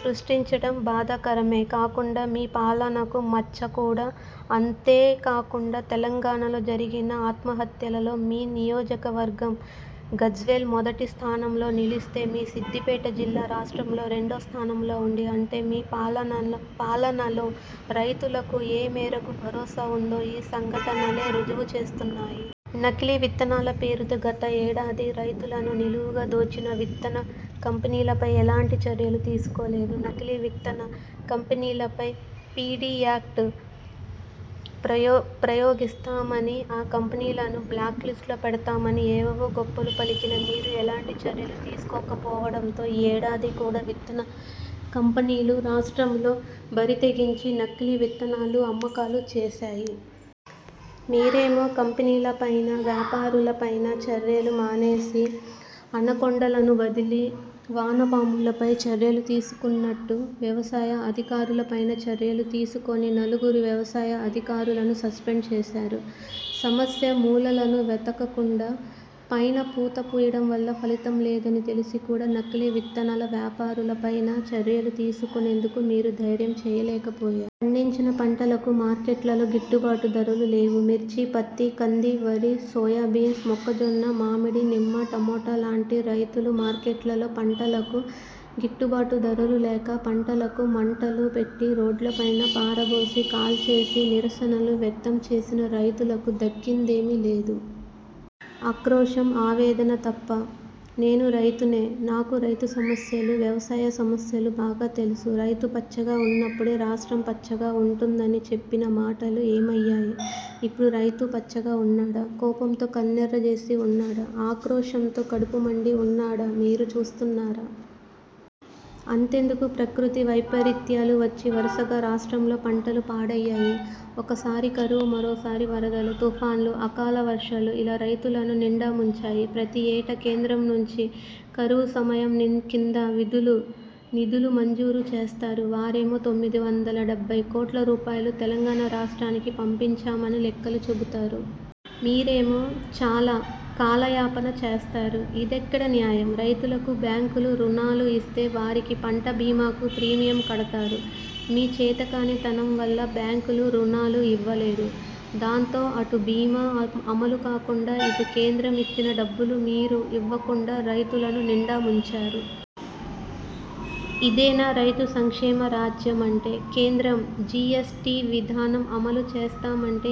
సృష్టించడం బాధాకరమే కాకుండా మీ పాలనకు మచ్చ కూడా. అంతేకాకుండా తెలంగాణలో జరిగిన ఆత్మహత్యలలో మీ నియోజకవర్గం గజ్వేల్ మొదటి స్థానంలో నిలిస్తే మీ సిద్దిపేట జిల్లా రాష్ట్రంలో రెండో స్థానంలో ఉంది. అంటే మీ పాలనలో రైతులకు ఏ మేరకు భరోసా ఉందో ఈ సంఘటనలే రుజువు చేస్తున్నాయి. నకిలీ విత్తనాల పేరుతో గత ఏడాది రైతులను నిలువుగా దోచిన విత్తన కంపెనీలపై ఎలాంటి చర్యలు తీసుకోలేదు. నకిలీ విత్తన కంపెనీలపై పి. డి యాక్డు ప్రయోగిస్తామనీ, ఆ కంపెనీలను బ్లాక్ లిస్టులో పెడతామనీ, ఏవేవో గొప్పలు పలికిన మీరు ఎలాంటి చర్యలు తీసుకోకపోవడంతో ఈ ఏడాది కూడా విత్తన కంపెనీలు రాష్ట్రంలో బరితెగించి నకిలీ విత్తనాలు అమ్మకాలు చేశాయి. మీరేమో కంపెనీలపైన, వ్యాపారులపైన చర్యలు మానేసి, అనకొండలను వదిలి, వానపాములపైన చర్యలు తీసుకున్నట్టు, వ్యవసాయ అధికారులపైన చర్యలు తీసుకొని నలుగురు వ్యవసాయ అధికారులను సస్పెండ్ చేశారు. సమస్య మూలలను వెతకకుండా పైన పూత పూయడం వల్ల ఫలితం లేదని తెలిసి కూడా నకిలీ విత్తన వ్యాపారులపైన చర్యలు తీసుకునేందుకు మీరు దైర్యం చేయలేకపోయారు. పండించిన పంటలకు మార్కెట్లలో గిట్టుబాటు ధరలు లేవు. మిర్చి, పత్తి, కంది, వరి, సోయాబీన్, మొక్కజొన్న, మామిడి, నిమ్మ, టమాట లాంటి రైతులు మార్కెట్లలో పంటలకు గిట్టుబాటు ధరలు లేక, పంటలకు మంటలు పెట్టి, రోడ్లపైన పారబోసి, కాల్చేసి నిరసనలు వ్యక్తం చేసినా రైతులకు దక్కిందేమీ లేదు. ఆక్రోశం, ఆవేదన తప్ప. ''నేనూ రైతునే. నాకు రైతు సమస్యలు, వ్యవసాయ సమస్యలు బాగా తెలుసు. రైతు పచ్చగా ఉన్నప్పుడే రాష్ట్రం పచ్చగా ఉంటుం''దని చెప్పిన మాటలు ఏమయ్యాయి. ఇప్పుడు రైతు పచ్చగా ఉన్నాడా, కోపంతో కన్నెర్ర జేసి ఉన్నాడా, ఆక్రోశంతో కడుపు మండి ఉన్నాడామీరు చూస్తున్నరా? అంతెందుకు ప్రకృతి వైపరీత్యాలు వచ్చి వరసగా రాష్ట్రంలో పంటలు పాడయ్యాయి. ఒకసారి కరువు, మరోసారి వరదలు, తుఫానులు, అకాల వర్షాలు ఇలా రైతులను నిండా ముంచాయి. ప్రతి ఏటా కేంద్రం నుంచి కరువు సహాయం కింద నిధులు మంజూరు చేస్తారు. వారేమో తొమ్మిది వందల డెబ్బై కోట్ల రూపాయలు తెలంగాణ రాష్ట్రానికి పంపించామని లెక్కలు చెపుతారు. మీరేమో చాల కాలయాపన చేస్తారు. ఇదెక్కడ న్యాయం? రైతులకు బ్యాంకులు రుణాలు ఇస్తే వారికి పంట బీమాకు ప్రీమియం కడుతారు. మీ చేతకానితనం వల్ల బ్యాంకులు రుణాలు ఇవ్వలేదు. దాంతో అటు బీమా అమలు కాకుండా, ఇటు కేంద్రం ఇచ్చిన డబ్బులు మీరు ఇవ్వకుండా రైతులను నిండా ముంచారు. ఇదేనా రైతు సంక్షేమ రాజ్యం అంటే? కేంద్రం జి. ఎస్. టి విధానం అమలు చేస్తామంటే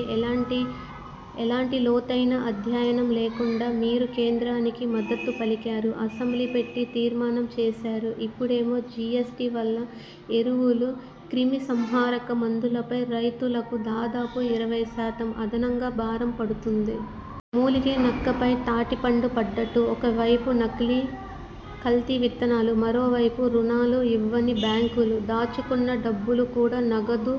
ఎలాంటి లోతైన అధ్యయనం లేకుండా మీరు కేంద్రానికి మద్దతు పలికారు, అసెంబ్లీ పెట్టి తీర్మానం చేశారు. ఇప్పడేమో జి. ఎస్. టి వల్ల ఎరువులు, క్రిమిసంహారక మందులపై రైతులకు దాదాపు ఇరవై శాతం అదనంగా భారం పడుతుంది. మూలిగే నక్కపై తాటిపండు పడ్డట్టు, ఒకవైపు నకిలీ, కల్తీ విత్తనాలు, మరోవైపు రుణాలు ఇవ్వని బ్యాంకులు, దాచుకున్న డబ్బులు కూడా నగదు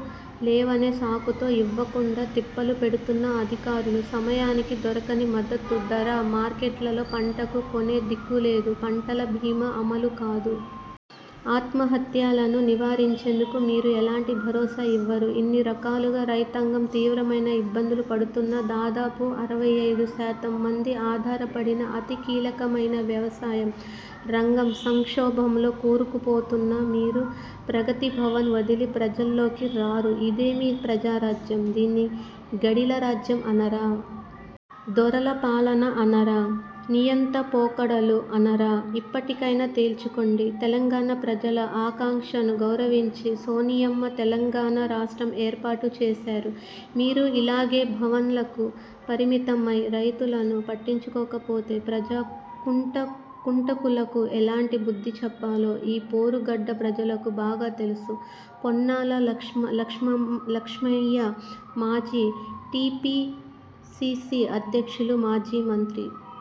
లేవనే సాకుతో ఇవ్వకుండా తిప్పలు పెడుతున్న అధికారులు, సమయానికి దొరకని మద్దతు ధర, మార్కెట్లలో పంటలకు కొనే దిక్కులేదు, పంటల బీమా అమలు కాదు. ఆత్మహత్యలను నివారించేందుకు మీరు ఎలాంటి భరోసా ఇవ్వరు, ఇన్ని రకాలుగా రైతాంగం తీవ్రమైన ఇబ్బందులు పడుతున్నా, దాదాపు అరవై ఐదు శాతం మంది ఆధారపడిన అతి కీలకమైన వ్యవసాయం రంగం సంక్షోభంలో కూరుకుపోతున్నా, మీరు ప్రగతిభవన్ వదిలి ప్రజల్లోకి రారు. ఇదేమి ప్రజా రాజ్యం. దీన్ని గడీల రాజ్యం అనరా? దొరల పాలన అనరా? నియంత పోకడలు అనరా? ఇప్పటికైనా తేల్చుకోండి. తెలంగాణ ప్రజల ఆకాంక్షలను గౌరవించి సోనియమ్మ తెలంగాణ రాష్ట్రం ఏర్పాటు చేశారు. మీరు ఇలాగే భవన్లకు పరిమితమై రైతులను పట్టించుకోకపోతే ప్రజా కంటకులకు ఎలాంటి బుద్ధి చెప్పాలో ఈ పోరు గడ్డ ప్రజలకు బాగా తెలుసు. పొన్నాల లక్ష్మయ్యమాజీ టిపిసిసి అధ్యక్షులు, మాజీ మంత్రి